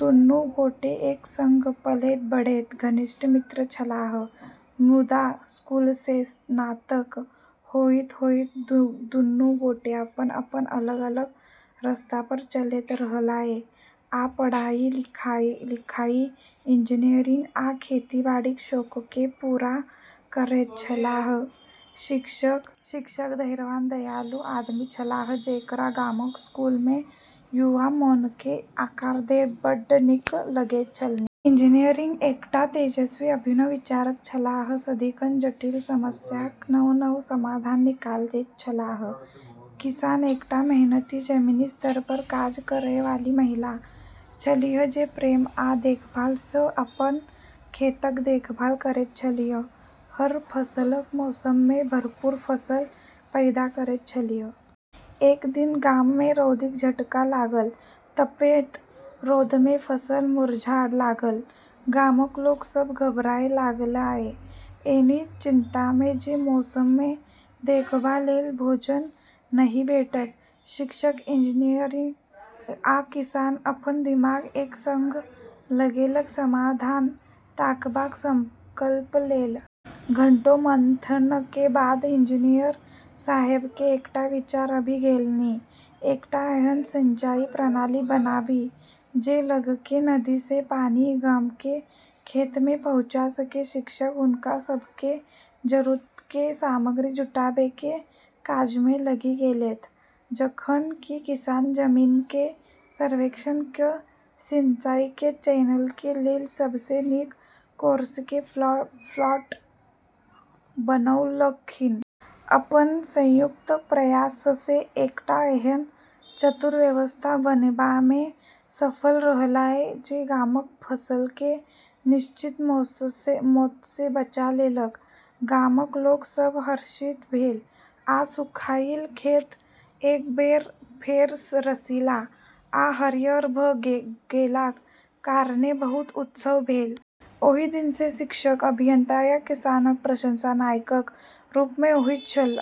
दुन्नू गोटे एक सङ्ग पलैत-बढ़ैत घनिष्ठ मित्र छलाह, मुदा स्कूलसँ स्नातक होइत-होइत दुन्नू गोटे अपन-अपन अलग-अलग रस्ता पर चलैत रहलाह आ पढ़ाइ -लिखाi -लिखाइ, इंजीनियरिंग, आ खेती-बाड़ीक शौककेँ पूरा करैत छलाह। शिक्षक धैर्यवान, दयालु आदमी छलाह, जेकरा गामक स्कूलमे युवा मोनकेँ आकार देब' बड्ड नीक लगैत छलनि। इंजीनियर एकटा तेजस्वी, अभिनव विचारक छलाह, सदिखन जटिल समस्याक नव-नव समाधान निकालैत छलाह। किसान एकटा मेहनती, जमीनी स्तर पर काज करय वाली महिला छलीह जे प्रेम आ देखभालसँ अपन खेतक देखभाल करैत छलीह, हर फसलक मौसममे भरपूर फसल पैदा करैत छलीह। एक दिन गाममे रौदीक झटका लागल, तपैत रौदमे फसल मुरझाइ लागल। गामक लोक सभ घबराए लगलाह, एहि चिन्तामे जे मौसममे देखबा लेल भोजन नहि भेटत। शिक्षक, इंजीनियर, आ किसान अपन दिमाग एक सङ्ग लगेलक, समाधान ताकबाक संकल्प लेल। घंटों मंथनके बाद इंजीनियर साहेबके एकटा विचार आबि गेलनि एकटा एहन सिंचाई प्रणाली बनाबी जे लगके नदीसँ पानि गामके खेतमे पहुँचा सकै। शिक्षक हुनका सबके जरूरतके सामग्री जुटाबैके काजमे लागि गेलैथ, जखन कि किसान जमीनके सर्वेक्षण क' सिंचाइके चैनलके लेल सबसँ नीक कोर्सके प्लॉट बनौलखिन। अपन संयुक्त प्रयाससँ एकटा एहन चतुर व्यवस्था बनेबामे सफल रहलाह जे गामक फसलके निश्चित मौतसँ बचा लेलक। गामक लोक सभ हर्षित भेल, आ सुखाइल खेत एक बेर फेर रसीला आ हरियर भ' गेलाक कारणेँ बहुत उत्सव भेल। ओहि दिनसँ शिक्षक, अभियंता, आ किसानक प्रशंसा नायकक रूपमे होइत छल,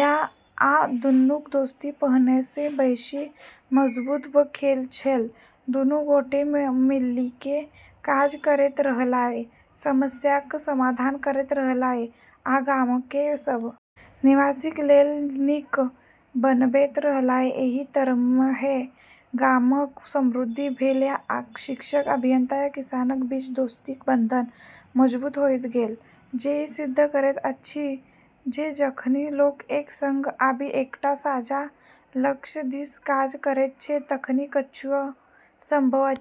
आ दुन्नूक दोस्ती पहिनेसँ बेशी मजबूत भ' गेल छल। दुनू गोटे मिलिके काज करैत रहलाह, समस्याक समाधान करैत रहलाह आ गामकेँ सभ निवासीक लेल नीक जगह बनबैत रहलाह एहि तरहेँ गामक समृद्धि भेल, आ शिक्षक, अभियंता, आ किसानक बीच दोस्तीक बंधन मजबूत होइत गेल, जे ई सिद्ध करैत अछि जे जखनि लोक एक सङ्ग आबि एकटा साझा लक्ष्य दिस काज करैत छै तखनि किछुओ संभव अछि।